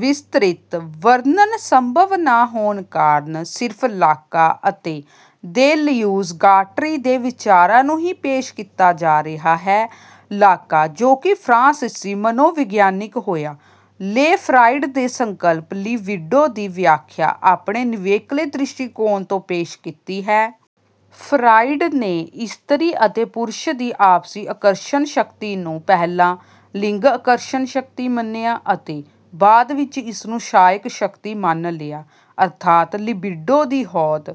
ਵਿਸਤ੍ਰਿਤ ਵਰਣਨ ਸੰਭਵ ਨਾ ਹੋਣ ਕਾਰਨ ਸਿਰਫ ਲਾਕਾਂ ਅਤੇ ਦੇਲਿਊਜ ਗਾਟਰੀ ਦੇ ਵਿਚਾਰਾਂ ਨੂੰ ਹੀ ਪੇਸ਼ ਕੀਤਾ ਜਾ ਰਿਹਾ ਹੈ। ਲਾਕਾਂ ਜੋ ਕਿ ਫਰਾਂਸੀਸੀ ਮਨੋਵਿਗਿਆਨੀ ਹੋਇਆ ਲੇ ਫਰਾਇਡ ਦੇ ਸੰਕਲਪ ਲਿਬਿਡੋ ਦੀ ਵਿਆਖਿਆ ਆਪਣੇ ਨਿਵੇਕਲੇ ਦ੍ਰਿਸ਼ਟੀਕੋਣ ਤੋਂ ਪੇਸ਼ ਕੀਤੀ ਹੈ। ਫਰਾਇਡ ਨੇ ਇਸਤਰੀ ਅਤੇ ਪੁਰਸ਼ ਦੀ ਆਪਸੀ ਆਕਰਸ਼ਣ ਸ਼ਕਤੀ ਨੂੰ ਪਹਿਲਾਂ ਲਿੰਗ ਆਕਰਸ਼ਣ ਸ਼ਕਤੀ ਮੰਨਿਆ ਅਤੇ ਬਾਅਦ ਵਿੱਚ ਇਸਨੂੰ ਸਾਇਕ ਸ਼ਕਤੀ ਮੰਨ ਲਿਆ ਅਰਥਾਤ ਲਿਬਿਡੋ ਦੀ ਹੋਂਦ।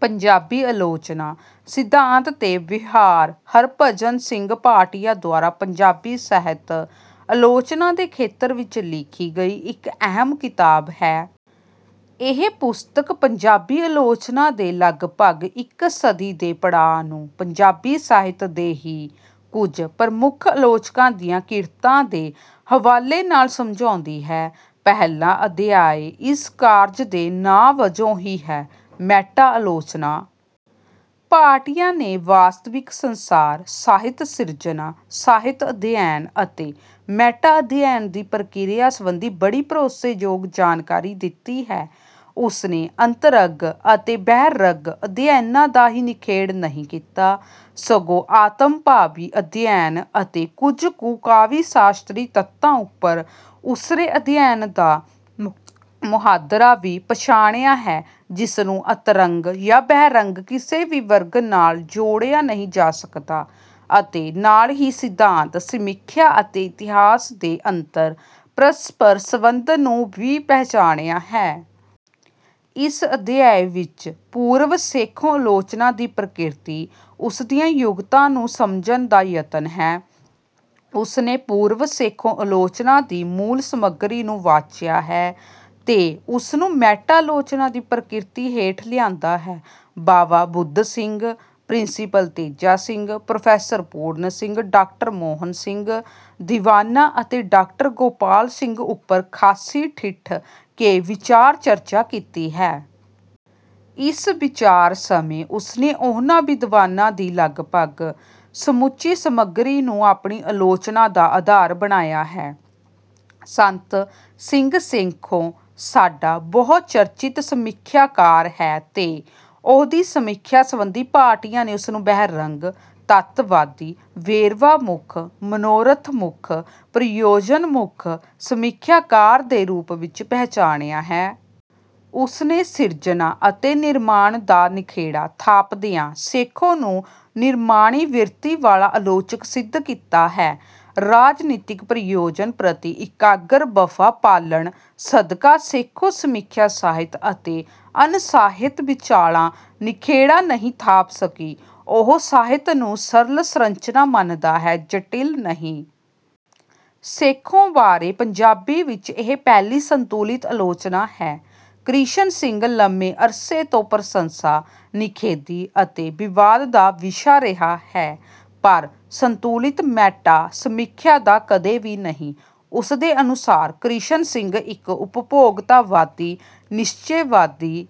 ਪੰਜਾਬੀ ਆਲੋਚਨਾ: ਸਿਧਾਂਤ ਤੇ ਵਿਹਾਰ ਹਰਿਭਜਨ ਸਿੰਘ ਭਾਟੀਆ ਦੁਆਰਾ ਪੰਜਾਬੀ ਸਾਹਿਤ ਆਲੋਚਨਾ ਦੇ ਖੇਤਰ ਵਿੱਚ ਲਿਖੀ ਗਈ ਇੱਕ ਅਹਿਮ ਕਿਤਾਬ ਹੈ। ਇਹ ਪੁਸਤਕ ਪੰਜਾਬੀ ਆਲੋਚਨਾ ਦੇ ਲਗਭਗ ਇੱਕ ਸਦੀ ਦੇ ਪੜਾਅ ਨੂੰ ਪੰਜਾਬੀ ਸਾਹਿਤ ਦੇ ਹੀ ਕੁਝ ਪ੍ਰਮੁੱਖ ਆਲੋਚਕਾਂ ਦੀਆਂ ਕਿਰਤਾਂ ਦੇ ਹਵਾਲੇ ਨਾਲ ਸਮਝਾਉਂਦੀ ਹੈ। ਪਹਿਲਾ ਅਧਿਆਏ ਇਸ ਕਾਰਜ ਦੇ ਨਾਂ ਵਜੋਂ ਹੀ ਹੈ: ਮੈਟਾ ਆਲੋਚਨਾ। ਭਾਟੀਆ ਨੇ ਵਾਸਤਵਿਕ ਸੰਸਾਰ, ਸਾਹਿਤ ਸਿਰਜਣਾ, ਸਾਹਿਤ ਅਧਿਐਨ ਅਤੇ ਮੈਟਾ ਅਧਿਐਨ ਦੀ ਪ੍ਰਕਿਰਿਆ ਸੰਬੰਧੀ ਬੜੀ ਭਰੋਸੇਯੋਗ ਜਾਣਕਾਰੀ ਦਿੱਤੀ ਹੈ। ਉਸਨੇ ਅੰਤਰੰਗ ਅਤੇ ਬਹਿਰੰਗ ਅਧਿਐਨਾਂ ਦਾ ਹੀ ਨਿਖੇੜਾ ਨਹੀਂ ਕੀਤਾ, ਸਗੋਂ ਆਤਮਭਾਵੀ ਅਧਿਐਨ ਅਤੇ ਕੁਝ ਕੁ ਕਾਵਿ-ਸ਼ਾਸਤਰੀ ਤਤਾਂ ਉੱਪਰ ਉਸਰੇ ਅਧਿਐਨ ਦਾ ਮੁਹਾਂਦਰਾ ਵੀ ਪਛਾਣਿਆ ਹੈ ਜਿਸ ਨੂੰ ਅੰਤਰੰਗ ਜਾਂ ਬਹਿਰੰਗ ਕਿਸੇ ਵੀ ਵਰਗ ਨਾਲ ਜੋੜਿਆ ਨਹੀਂ ਜਾ ਸਕਦਾ ਅਤੇ ਨਾਲ ਹੀ ਸਿਧਾਂਤ, ਸਮੀਖਿਆ ਅਤੇ ਇਤਿਹਾਸ ਦੇ ਅੰਤਰ ਪ੍ਰਸਪਰ ਸੰਬੰਧ ਨੂੰ ਵੀ ਪਛਾਣਿਆ ਹੈ। ਇਸ ਅਧਿਆਏ ਵਿੱਚ ਪੂਰਵ-ਸੇਖੋਂ ਆਲੋਚਨਾ ਦੀ ਪ੍ਰਕਿਰਤੀ, ਉਸਦੀਆਂ ਜੁਗਤਾਂ ਨੂੰ ਸਮਝਣ ਦਾ ਯਤਨ ਹੈ। ਉਸਨੇ ਪੂਰਵ-ਸੇਖੋਂ ਆਲੋਚਨਾ ਦੀ ਮੂਲ ਸਮੱਗਰੀ ਨੂੰ ਵਾਚਿਆ ਹੈ ਤੇ ਉਸਨੂੰ ਮੈਟਾ ਆਲੋਚਨਾ ਦੀ ਪ੍ਰਕਿਰਤੀ ਹੇਠ ਲਿਆਂਦਾ ਹੈ। Bawa Budh Singh, principal Teja Singh, professor Puran Singh, doctor Mohan Singh Diwana ਅਤੇ ਡਾਕਟਰ ਗੋਪਾਲ ਸਿੰਘ ਉੱਪਰ ਖਾਸੀ ਠਿਠ ਕੇ ਵਿਚਾਰ ਚਰਚਾ ਕੀਤੀ ਹੈ। ਇਸ ਵਿਚਾਰ ਸਮੇਂ ਉਸਨੇ ਉਹਨਾਂ ਵਿਦਵਾਨਾਂ ਦੀ ਲਗਭਗ ਸਮੁੱਚੀ ਸਮੱਗਰੀ ਨੂੰ ਆਪਣੀ ਆਲੋਚਨਾ ਦਾ ਆਧਾਰ ਬਣਾਇਆ ਹੈ। ਸੰਤ ਸਿੰਘ ਸੇਖੋਂ ਸਾਡਾ ਬਹੁਚਰਚਿਤ ਸਮੀਖਿਆਕਾਰ ਹੈ ਤੇ ਉਹਦੀ ਸਮੀਖਿਆ ਸੰਬੰਧੀ ਭਾਟੀਆ ਨੇ ਉਸਨੂੰ ਬਹਿਰੰਗ, ਤੱਤਵਾਦੀ, ਵੇਰਵਾਮੁੱਖ, ਮਨੋਰਥਮੁੱਖ, ਪ੍ਰਯੋਜਨਮੁੱਖ ਸਮੀਖਿਆਕਾਰ ਦੇ ਰੂਪ ਵਿੱਚ ਪਛਾਣਿਆ ਹੈ। ਉਸਨੇ ਸਿਰਜਣਾ ਅਤੇ ਨਿਰਮਾਣ ਦਾ ਨਿਖੇੜਾ ਥਾਪਦਿਆਂ ਸੇਖੋਂ ਨੂੰ ਨਿਰਮਾਣੀ ਬਿਰਤੀ ਵਾਲਾ ਆਲੋਚਕ ਸਿੱਧ ਕੀਤਾ ਹੈ। ਰਾਜਨੀਤਕ ਪ੍ਰਯੋਜਨ ਪ੍ਰਤੀ ਇਕਾਗਰ ਵਫ਼ਾ ਪਾਲਣ ਸਦਕਾ ਸੇਖੋਂ ਸਮੀਖਿਆ ਸਾਹਿਤ ਅਤੇ ਅਣਸਾਹਿਤ ਵਿੱਚਾਲੇ ਨਿਖੇੜਾ ਨਹੀਂ ਥਾਪ ਸਕੀ, ਉਹ ਸਾਹਿਤ ਨੂੰ ਸਰਲ ਸਰੰਚਨਾ ਮੰਨਦਾ ਹੈ, ਜਟਿਲ ਨਹੀਂ। ਸੇਖੋਂ ਬਾਰੇ ਪੰਜਾਬੀ ਵਿੱਚ ਇਹ ਪਹਿਲੀ ਸੰਤੁਲਿਤ ਆਲੋਚਨਾ ਹੈ। ਕਿਸ਼ਨ ਸਿੰਘ ਲੰਮੇ ਅਰਸੇ ਤੋਂ ਪ੍ਰਸੰਸਾ, ਨਿਖੇਧੀ ਅਤੇ ਵਿਵਾਦ ਦਾ ਵਿਸ਼ਾ ਰਿਹਾ ਹੈ ਪਰ ਸੰਤੁਲਿਤ ਮੈਟਾ ਸਮੀਖਿਆ ਦਾ ਕਦੇ ਵੀ ਨਹੀਂ। ਉਸਦੇ ਅਨੁਸਾਰ ਕਿਸ਼ਨ ਸਿੰਘ ਇੱਕ ਉਪਭੋਗਤਾਵਾਦੀ, ਨਿਸ਼ਚੇਵਾਦੀ